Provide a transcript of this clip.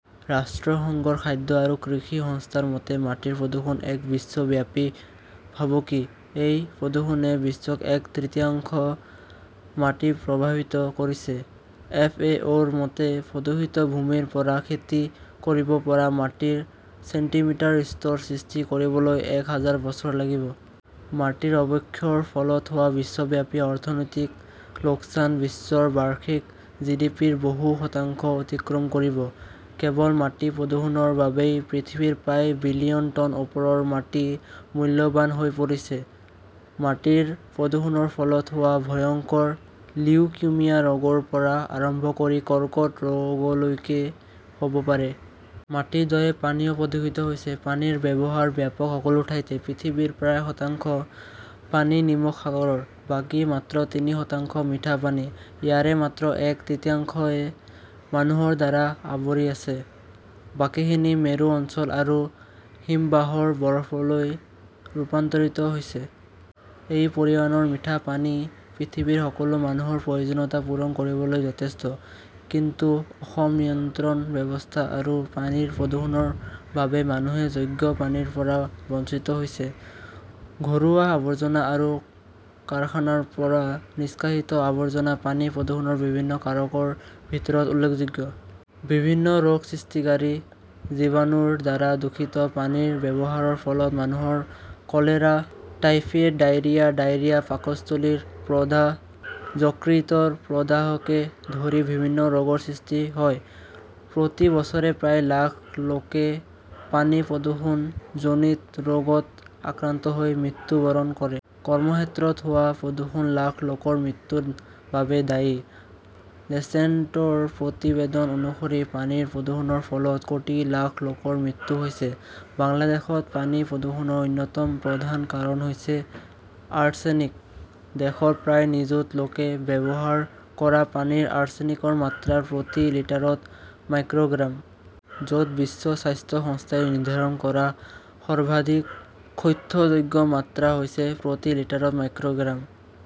ৰাষ্ট্ৰসংঘৰ খাদ্য আৰু কৃষি সংস্থাৰ মতে, মাটিৰ প্ৰদূষণ এক বিশ্বব্যাপী ভাবুকি। এই প্ৰদূষণে বিশ্বৰ এক তৃতীয়াংশ মাটি প্ৰভাৱিত কৰিছে। এফ. এ. অ '. -ৰ মতে, প্ৰদূষিত ভূমিৰ পৰা খেতি কৰিব পৰা মাটিৰ ছেণ্টিমিটাৰ স্তৰ সৃষ্টি কৰিবলৈ এক হাজাৰ বছৰ লাগিব। মাটিৰ অৱক্ষয়ৰ ফলত হোৱা বিশ্বব্যাপী অৰ্থনৈতিক লোকচান বিশ্বৰ বাৰ্ষিক জিডিপিৰ বহু শতাংশ অতিক্ৰম কৰিব। কেৱল মাটি প্ৰদূষণৰ বাবেই পৃথিৱীৰ প্ৰায় বিলিয়ন টন ওপৰৰ মাটি মূল্যৱান হৈ পৰিছে। মাটিৰ প্ৰদূষণৰ ফলত হোৱা ভয়ংকৰ লিউকিমিয়া ৰোগৰ পৰা আৰম্ভ কৰি কৰ্কট ৰোগলৈকে হব পাৰে। মাটিৰ দৰে পানীও প্ৰদূষিত হৈছে। পানীৰ ব্যৱহাৰ ব্যাপক সকলো ঠাইতে। পৃথিৱীৰ প্ৰায় শতাংশ পানী নিমখ সাগৰৰ। বাকী মাত্ৰ তিনি শতাংশ মিঠা পানী। ইয়াৰে মাত্ৰ এক তৃতীয়াংশহে মানুহৰ দ্বাৰা আৱৰি আছে, বাকীখিনি মেৰু অঞ্চল আৰু হিমবাহৰ বৰফলৈ ৰূপান্তৰিত হৈছে। এই পৰিমাণৰ মিঠা পানী পৃথিৱীৰ সকলো মানুহৰ প্ৰয়োজনীয়তা পূৰণ কৰিবলৈ যথেষ্ট। কিন্তু অসম নিয়ন্ত্ৰণ ব্যৱস্থা আৰু পানীৰ প্ৰদূষণৰ বাবে মানুহে যোগ্য পানীৰ পৰা বঞ্চিত হৈছে। ঘৰুৱা আৱৰ্জনা আৰু কাৰখানাৰ পৰা নিষ্কাশিত আৱৰ্জনা পানী প্ৰদূষণৰ বিভিন্ন কাৰকৰ ভিতৰত উল্লেখযোগ্য। বিভিন্ন ৰোগ সৃষ্টিকাৰী জীৱাণুৰ দ্বাৰা দূষিত পানীৰ ব্যৱহাৰৰ ফলত মানুহৰ কলেৰা, টাইফিয়েড, ডায়েৰিয়া, ডায়েৰিয়া, পাকস্থলীৰ প্ৰদাহ, যকৃতৰ প্ৰদাহকে ধৰি বিভিন্ন ৰোগৰ সৃষ্টি হয়। প্ৰতি বছৰে প্ৰায় লাখ লোকে পানী প্ৰদূষণজনিত ৰোগত আক্ৰান্ত হৈ মৃত্যুবৰণ কৰে। কৰ্মক্ষেত্ৰত হোৱা প্ৰদূষণ লাখ লোকৰ মৃত্যুৰ বাবে দায়ী। লেঞ্চেটৰ প্ৰতিবেদন অনুসৰি, পানীৰ প্ৰদূষণৰ ফলত কোটি লাখ লোকৰ মৃত্যু হৈছে। বাংলাদেশত পানী প্ৰদূষণৰ অন্যতম প্ৰধান কাৰণ হৈছে আৰ্ছেনিক। দেশৰ প্ৰায় নিযুত লোকে ব্যৱহাৰ কৰা পানীৰ আৰ্ছেনিকৰ মাত্ৰা প্ৰতি লিটাৰত মাইক্ৰ গ্ৰাম। য 'ত বিশ্ব স্বাস্থ্য সংস্থাই নিৰ্ধাৰণ কৰা সৰ্বাধিক সহ্যযোগ্য মাত্ৰা হৈছে প্ৰতি লিটাৰত মাইক্ৰ' গ্ৰাম।